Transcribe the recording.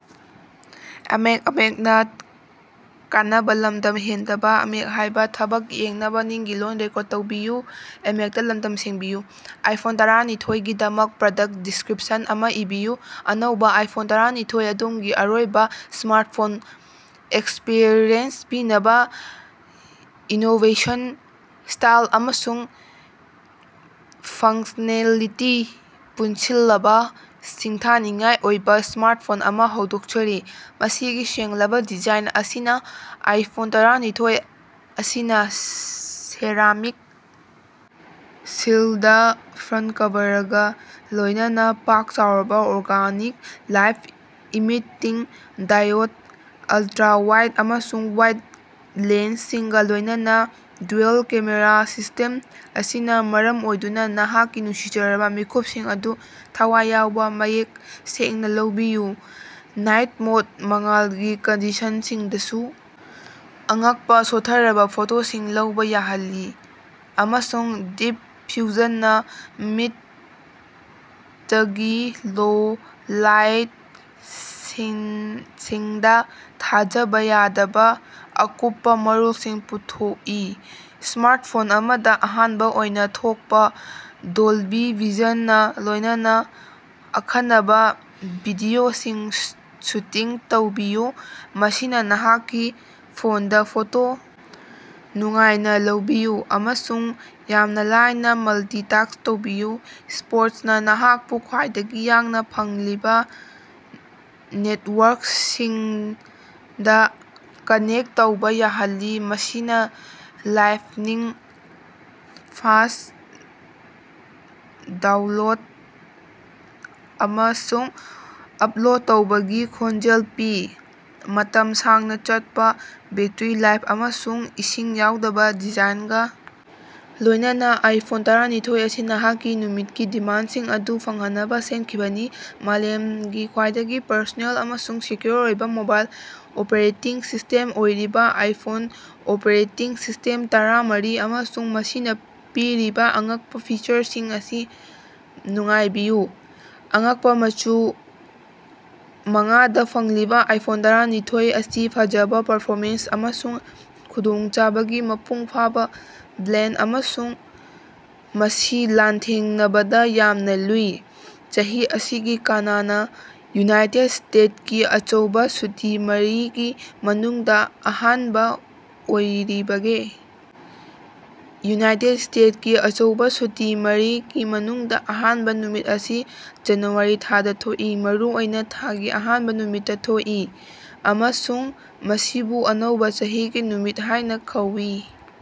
IPhone ꯇꯔꯥꯅꯤꯊꫭꯏꯒꯤ ꯗꯃꯛ product description ꯑꯃ ꯏꯕꯤꯌꯨ꯫ ꯑꯅꯧꯕ ꯑꯥꯏꯐꯣꯟ ꯇꯔꯥꯅꯤꯊꫭꯏ- ꯑꯗꯣꯝꯒꯤ ꯑꯔꯣꯏꯕ ꯁ꯭ꯃꯥꯔꯠꯐꯣꯟ ꯑꯦꯛꯁꯄꯤꯔꯤꯌꯦꯟꯁ ꯄꯤꯅꯕ ꯏꯅꯣꯕꯦꯁꯟ, ꯁ꯭ꯇꯥꯏꯜ, ꯑꯃꯁꯨꯡ ꯐꯪꯁꯅꯦꯂꯤꯇꯤ ꯄꯨꯟꯁꯤꯜꯂꯕ ꯁꯤꯡꯊꯥꯅꯤꯡꯉꯥꯏ ꯑꯣꯏꯕ ꯁ꯭ꯃꯥꯔꯠꯐꯣꯟ ꯑꯃ ꯍꯧꯗꯣꯛꯆꯔꯤ꯫ ꯃꯁꯤꯒꯤ ꯁꯦꯡꯂꯕ ꯗꯤꯖꯥꯏꯟ ꯑꯁꯤꯅ ꯑꯥꯏꯐꯣꯟ ꯇꯔꯥꯅꯤꯊꫭꯏ ꯑꯁꯤꯅꯥ ꯁꯦꯔꯥꯃꯤꯛ ꯁꯤꯜꯗ ꯐ꯭ꯔꯟ ꯀꯕꯔꯒ ꯂꯣꯏꯅꯅ ꯄꯥꯛ ꯆꯥꯎꯔꯕ organic light emitting diode ultra wide ꯑꯃꯁꯨꯡ ꯋꯥꯏꯗ ꯂꯦꯟꯁꯁꯤꯡꯒ ꯂꯣꯏꯅꯅ ꯗ꯭ꯌꯨꯑꯦꯜ-ꯀꯦꯃꯦꯔꯥ ꯁꯤꯁꯇꯦꯝ ꯑꯁꯤꯅ ꯃꯔꯝ ꯑꯣꯏꯗꯨꯅ ꯅꯍꯥꯛꯀꯤ ꯅꯨꯡꯁꯤꯖꯔꯕ ꯃꯤꯀꯨꯞꯁꯤꯡ ꯑꯗꯨ ꯊꯋꯥꯏ ꯌꯥꯎꯕ ꯃꯌꯦꯛ ꯁꯦꯡꯅ ꯂꯧꯕꯤꯌꯨ꯫ ꯅꯥꯏꯠ ꯃꯣꯗꯅ ꯃꯉꯥꯜꯒꯤ ꯀꯟꯗꯤꯁꯟꯁꯤꯡꯗꯁꯨ ꯑꯉꯛꯄ ꯁꯣꯠꯊꯔꯕ ꯐꯣꯇꯣꯁꯤꯡ ꯂꯧꯕ ꯌꯥꯍꯜꯂꯤ, ꯑꯃꯁꯨꯡ ꯗꯤꯞ ꯐ꯭ꯌꯨꯖꯟꯅ ꯃꯤꯗꯇꯒꯤ ꯂꯣ ꯂꯥꯏꯠ ꯁꯤꯟꯁꯤꯡꯗ ꯊꯥꯖꯕ ꯌꯥꯗꯕ ꯑꯀꯨꯞꯄ ꯃꯔꯣꯜꯁꯤꯡ ꯄꯨꯊꯣꯛꯏ꯫ ꯁ꯭ꯃꯥꯔꯠꯐꯣꯟ ꯑꯃꯗ ꯑꯍꯥꯟꯕ ꯑꯣꯏꯅ ꯊꯣꯛꯄ ꯗꯣꯜꯕꯤ ꯚꯤꯖꯟꯒ ꯂꯣꯏꯅꯅ ꯑꯈꯟꯅꯕ ꯚꯤꯗꯤꯑꯣꯁꯤꯡ ꯁꯨꯇꯤꯡ ꯇꯧꯕꯤꯌꯨ, ꯃꯁꯤꯅ ꯅꯍꯥꯛꯀꯤ ꯐꯣꯟꯗꯥ ꯐꯣꯇꯣ, ꯅꯨꯡꯉꯥꯏꯅ ꯂꯧꯕꯤꯌꯨ, ꯑꯃꯁꯨꯡ ꯌꯥꯝꯅ ꯂꯥꯏꯅ ꯃꯜꯇꯤꯇꯥꯛꯁ ꯇꯧꯕꯤꯌꯨ꯫ ꯁꯄꯣꯔꯠꯅ ꯅꯍꯥꯛꯄꯨ ꯈ꯭ꯋꯥꯏꯗꯒꯤ ꯌꯥꯡꯅ ꯐꯪꯂꯤꯕ ꯅꯦꯠꯋꯥꯔꯛꯁꯤꯡꯗ ꯀꯅꯦꯛ ꯇꯧꯕ ꯌꯥꯍꯜꯂꯤ, ꯃꯁꯤꯅ ꯂꯥꯏꯠꯅꯤꯡ-ꯐꯥꯁ ꯗꯥꯎꯟꯂꯣꯗ ꯑꯃꯁꯨꯡ ꯑꯞꯂꯣꯗ ꯇꯧꯕꯒꯤ ꯈꯣꯡꯖꯦꯜ ꯄꯤ꯫ ꯃꯇꯝ ꯁꯥꯡꯅ ꯆꯠꯄ ꯕꯦꯠꯇꯔꯤ ꯂꯥꯏꯐ ꯑꯃꯁꯨꯡ ꯏꯁꯤꯡ ꯌꯥꯎꯗꯕ ꯗꯤꯖꯥꯏꯟꯒꯥ ꯂꯣꯏꯅꯅ ꯑꯥꯏꯐꯣꯟ ꯇꯔꯥꯅꯤꯊꫭꯏ ꯑꯁꯤ ꯅꯍꯥꯛꯀꯤ ꯅꯨꯃꯤꯠꯀꯤ ꯗꯤꯃꯥꯟꯗꯁꯤꯡ ꯑꯗꯨ ꯐꯪꯍꯟꯅꯕ ꯁꯦꯝꯈꯤꯕꯅꯤ꯫ ꯃꯥꯂꯦꯝꯒꯤ ꯈ꯭ꯋꯥꯏꯗꯒꯤ ꯄꯔꯁꯣꯅꯦꯜ ꯑꯃꯁꯨꯡ ꯁꯦꯀ꯭ꯌꫭꯔ ꯑꯣꯏꯕꯥ ꯃꯣꯕꯥꯏꯜ ꯑꯣꯄꯔꯦꯇꯤꯡ ꯁꯤꯁꯇꯦꯝ ꯑꯣꯏꯔꯤꯕ ꯑꯥꯏꯐꫭꯟ ꯑꫭꯄꯔꯦꯇꯤꯡ ꯁꯤꯁꯇꯦꯝ ꯇꯔꯥꯃꯔꯤ ꯑꯃꯁꯨꯡ ꯃꯁꯤꯅ ꯄꯤꯔꯤꯕꯥ ꯑꯉꯛꯄ ꯐꯤꯆꯔꯁꯤꯡ ꯑꯁꯤ ꯅꯨꯡꯉꯥꯏꯕꯤꯌꯨ꯫ ꯑꯉꯛꯄꯥ ꯃꯆꯨ ꯃꯉꯥꯗ ꯐꯪꯂꯤꯕꯥ ꯑꯥꯏꯐꯣꯟ ꯇꯔꯥꯅꯤꯊꫭꯏ ꯑꯁꯤ ꯐꯖꯕ, ꯄꯔꯐꯣꯃꯦꯟꯁ ꯑꯃꯁꯨꯡ ꯈꯨꯗꯣꯡꯆꯥꯕꯒꯤ ꯃꯄꯨꯡ ꯐꯥꯕꯥ ꯕ꯭ꯂꯦꯟꯗ ꯑꯃꯅꯤ ꯑꯃꯁꯨꯡ ꯃꯁꯤ ꯂꯥꯟꯊꯦꯡꯅꯕꯗ ꯌꯥꯝꯅ ꯂꯨꯏ꯫ ꯆꯍꯤ ꯑꯁꯤꯒꯤ ꯀꯅꯥꯅ ꯌꯨꯅꯥꯏꯇꯦꯠ ꯁ꯭ꯇꯦꯠꯀꯤ ꯑꯆꯧꯕ ꯁꯨꯇꯤ ꯃꯔꯤꯒꯤ ꯃꯅꯨꯡꯗꯥ ꯑꯍꯥꯟꯕꯥ ꯑꯣꯏꯔꯤꯕꯒꯦ? ꯌꯨꯅꯥꯏꯇꯦꯠ ꯁ꯭ꯇꯦꯠꯀꯤ ꯑꯆꯧꯕꯥ ꯁꯨꯇꯤ ꯃꯔꯤꯒꯤ ꯃꯅꯨꯡꯗ ꯑꯍꯥꯟꯕ ꯅꯨꯃꯤꯠ ꯑꯁꯤ ꯖꯅꯨꯋꯥꯔꯤ ꯊꯥꯗ ꯊꯣꯛꯏ, ꯃꯔꯨꯑꯣꯏꯅ ꯊꯥꯒꯤ ꯑꯍꯥꯟꯕ ꯅꯨꯃꯤꯠꯇꯥ ꯊꯣꯛꯏ ꯑꯃꯁꯨꯡ ꯃꯁꯤꯕꯨ ꯑꯅꯧꯕ ꯆꯍꯤꯒꯤ ꯅꯨꯃꯤꯠ ꯍꯥꯏꯅ ꯀꯧꯏ꯫